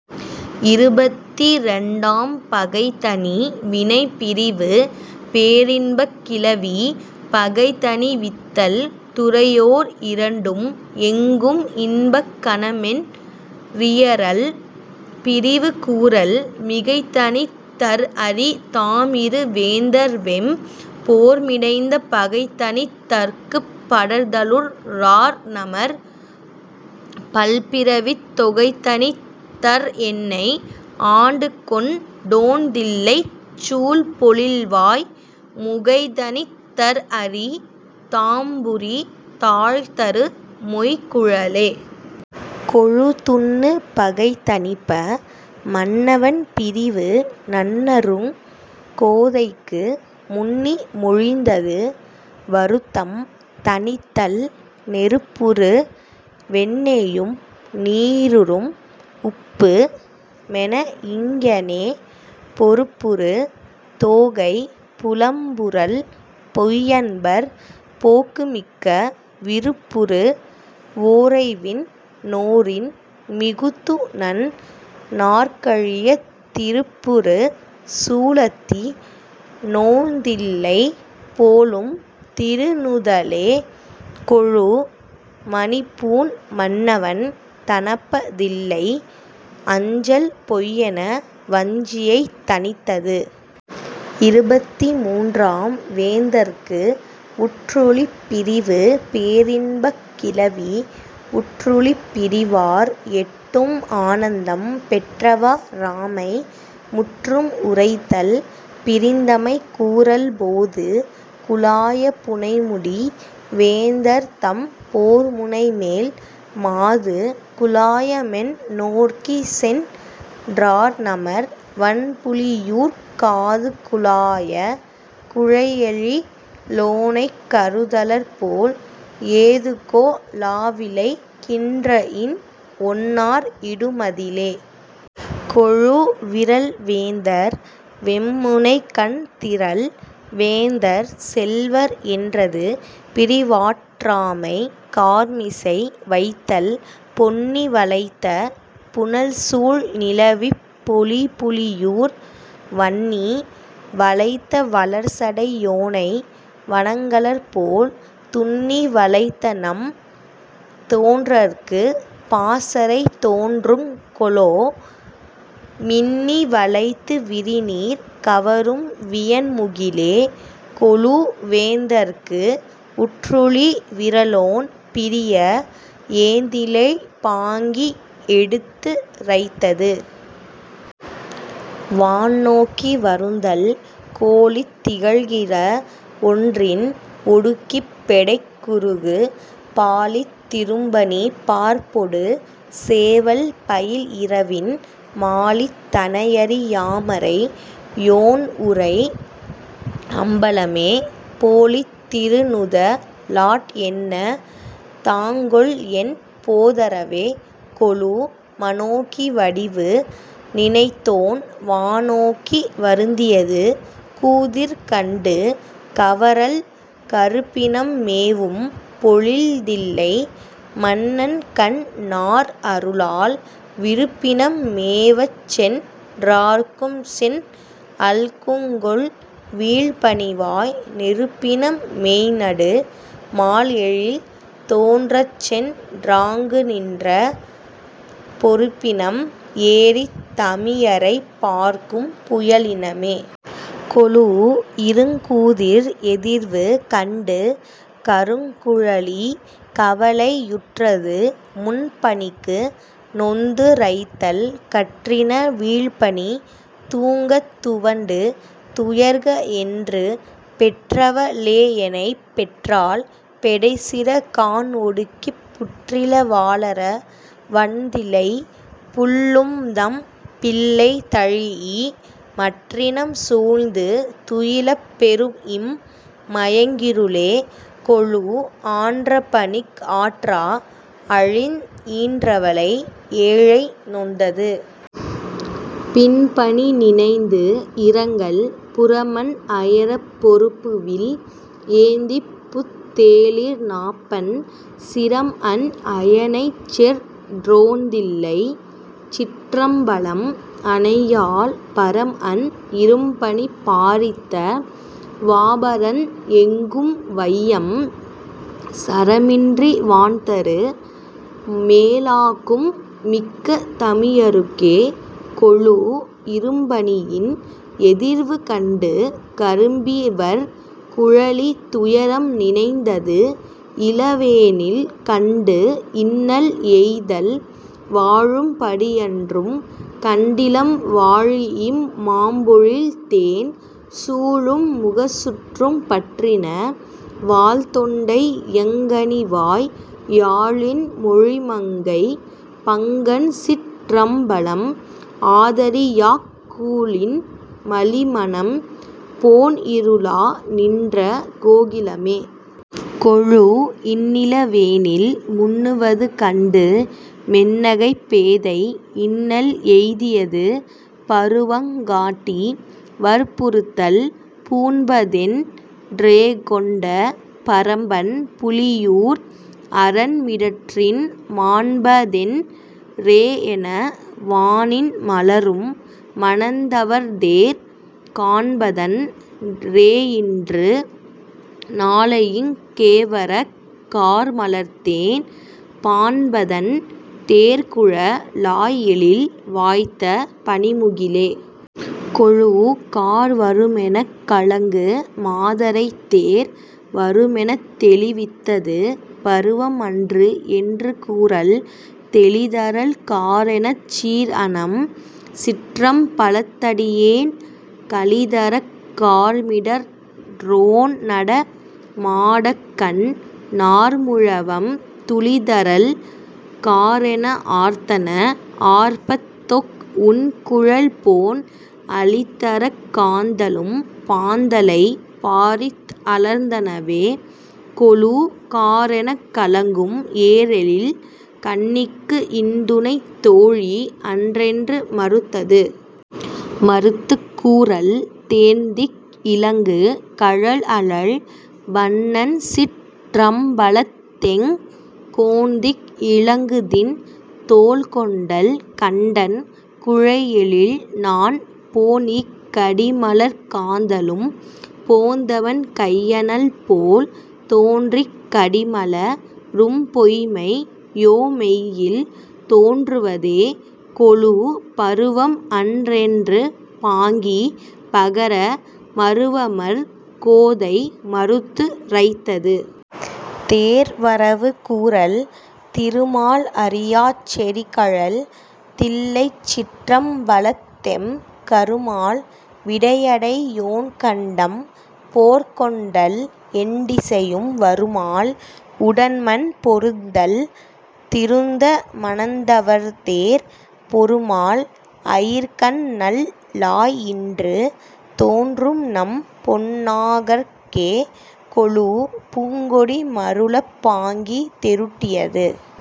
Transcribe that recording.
இருபத்திரண்டாம். பகை தணி வினைப் பிரிவு பேரின்பக் கிளவி பகைதணி வித்தல் துறையோர் இரண்டும் எங்கும் இன்பக் கனமென் றியறல்.. பிரிவு கூறல் மிகைதணித் தற்அரி தாம்இரு வேந்தர்வெம் போர்மிடைந்த பகைதணித் தற்குப் படர்தலுற் றார்நமர் பல்பிறவித் தொகைதணித் தற்என்னை ஆண்டுகொண் டோன்தில்லைச் சூழ்பொழில்வாய் முகைதணித் தற்அரி தாம்புரி தாழ்தரு மொய்குழலே.... கொளு துன்னு பகை தணிப்ப மன்னவன் பிரிவு நன்னறுங் கோதைக்கு முன்னி மொழிந்தது.. வருத்தம் தணித்தல் நெருப்புறு வெண்ணெயும் நீருறும் உப்பு மெனஇங்ஙனே பொருப்புறு தோகை புலம்புறல் பொய்யன்பர் போக்குமிக்க விருப்புறு வோரைவிண் ணோரின் மிகுத்துநண் ணார்கழியத் திருப்புறு சூலத்தி னோன்தில்லை போலும் திருநுதலே.... கொளு மணிப்பூண் மன்னவன் தணப்ப தில்லை அஞ்சல் பொய்யென வஞ்சியைத் தணித்தது. இருபத்திமூன்றாம். வேந்தற்கு உற்றுழிப் பிரிவு பேரின்பக் கிளவி உற்றுழிப் பிரிவார் எட்டும் ஆனந்தம் பெற்றவா ராமை முற்றும் உரைத்தல்.. பிரிந்தமை கூறல் போது குலாய புனைமுடி வேந்தர்தம் போர்முனைமேல் மாது குலாயமென் னோர்க்கிசென் றார்நமர் வண்புலியூர்க் காதுகுலாய குழைஎழி லோனைக் கருதலர்போல் ஏதுகொ லாவிளை கின்றஇன் ஒன்னார் இடுமதிலே.... கொளு விறல்வேந்தர் வெம்முணைக்கண் திறல் வேந்தர் செல்வர் என்றது.. பிரிவாற்றாமை கார்மிசை வைத்தல் பொன்னி வளைத்த புனல்சூழ் நிலவிப் பொலிபுலியூர் வன்னி வளைத்த வளர்சடை யோனை வணங்கலர்போல்। துன்னி வளைத்தநம் தோன்றற்குப் பாசறை தோன்றுங் கொலோ மின்னி வளைத்து விரிநீர் கவரும் வியன்முகிலே.... கொளு வேந்தற்கு உற்றுழி விறலோன் பிரிய ஏந்திழை பாங்கிக் எடுத்து ரைத்தது.. வான் நோக்கி வருந்தல் கோலித் திகழ்கிற ஒன்றின் ஒடுக்கிப் பெடைக் குருகு பாலித் திரும்பனி பார்ப்பொடு சேவல் பயில்இரவின் மாலித் தனையறி யாமறை யோன்உறை அம்பலமே போலித் திருநுத லாட்என்ன தாங்கொல்என் போதரவே.... கொளு மானோக்கி வடிவு நினைத்தோன் வானோக்கி வருந்தியது.. கூதிர் கண்டு கவறல் கருப்பினம் மேவும் பொழில்தில்லை மன்னன்கண் ணார்அருளால் விருப்பினம் மேவச்சென் றார்க்கும்சென் அல்குங்கொல் வீழ்பனிவாய் நெருப்பினம் மேய்நடு மால்எழில் தோன்றச்சென் றாங்குநின்ற பொருப்பினம் ஏறித் தமியரைப் பார்க்கும் புயலினமே.... கொளு இருங்கூதிர் எதிர்வு கண்டு கருங்குழலி கவலை யுற்றது.. முன் பனிக்கு நொந்துரைத்தல் கற்றின வீழ்பனி தூங்கத் துவண்டு துயர்கஎன்று பெற்றவ ளேஎனைப் பெற்றாள் பெடைசிற கான்ஒடுக்கிப் புற்றில வாளர வன்தில்லைப் புள்ளும்தம் பிள்ளைதழீஇ மற்றினம் சூழ்ந்து துயிலப் பெறும்இம் மயங்கிருளே.... கொளு ஆன்றபனிக் ஆற்றா அழிந் ஈன்றவளை ஏழை நொந்தது.. பின்பனி நினைந்து இரங்கல் புரமன் அயரப் பொருப்புவில் ஏந்திப் புத் தேளிர்நாப்பண் சிரம்அன் அயனைச்செற் றோன்தில்லைச் சிற்றம்பலம்அனையாள் பரம்அன் இரும்பனி பாரித்த வாபரந் எங்கும்வையம் சரமின்றி வான்தரு மேலாக்கும் மிக்க தமியருக்கே.... கொளு இரும்பனியின் எதிர்வு கண்டு கரும்பிவர் குழலி துயரம் நினைந்தது.. இளவேனில் கண்டு இன்னல் எய்தல் வாழும் படியன்றும் கண்டிலம் வாழிஇம் மாம்பொழில்தேன் சூழும் முகச்சுற்றும் பற்றின வால்தொண்டை யங்கனிவாய் யாழின் மொழிமங்கை பங்கன்சிற் றம்பலம் ஆதரியாக் கூழின் மலிமனம் போன்இருளா நின்ற கோகிலமே.... கொளு இன்னிள வேனில் முன்னுவது கண்டு மென்னகைப் பேதை இன்னல் எய்தியது.. பருவங் காட்டி வற்புறுத்தல் பூண்பதென் றேகொண்ட பரம்பன் புலியூர் அரன் மிடற்றின் மாண்பதென் றேஎன வானின் மலரும் மணந்தவர்தேர் காண்பதன் றேயின்று நாளையிங் கேவரக் கார்மலர்த்தேன் பாண்பதன் தேர்குழ லாய்எழில் வாய்த்த பனிமுகிலே.... கொளு கார்வருமெனக் கலங்கு மாதரைத் தேர் வருமெனத் தெளிவித்தது.. பருவம் அன்று என்று கூறல் தெளிதரல் காரெனச் சீர்அனம் சிற்றம் பலத்தடியேன் களிதரக் கார்மிடற் றோன்நட மாடக்கண் ணார்முழவம் துளிதரல் காரென ஆர்த்தன ஆர்ப்பத்தொக் உன்குழல்போன் அளிதரக் காந்தளும் பாந்தளைப் பாரித் அலர்ந்தனவே.... கொளு காரெனக் கலங்கும் ஏரெழில் கண்ணிக்கு இன்துணைத் தோழி அன்றென்று மறுத்தது.. மறுத்துக் கூறல் தேன்திக் இலங்கு கழல்அழல் வண்ணன்சிற் றம்பலத்எங் கோன்திக் இலங்குதிண் தோள் கொண்டல் கண்டன் குழைஎழில்நாண் போன்இக் கடிமலர்க் காந்தளும் போந்தவன் கையனல் போல் தோன்றிக் கடிமல ரும்பொய்ம்மை யோமெய்யில் தோன்றுவதே.... கொளு பருவம் அன்றென்று பாங்கி பகர மருவமர் கோதை மறுத்து ரைத்தது.. தேர் வரவு கூறல் திருமால் அறியாச் செறிகழல் தில்லைச் சிற்றம்பலத்எம் கருமால் விடையடை யோன்கண்டம் போற்கொண்டல் எண்டிசையும் வருமால் உடன்மன் பொருந்தல் திருந்த மணந்தவர்தேர் பொருமால் அயிற்கண்நல் லாய்இன்று தோன்றும்நம் பொன்னாகர்க்கே.... கொளு பூங்கொடி மருளப் பாங்கி தெருட்டியது.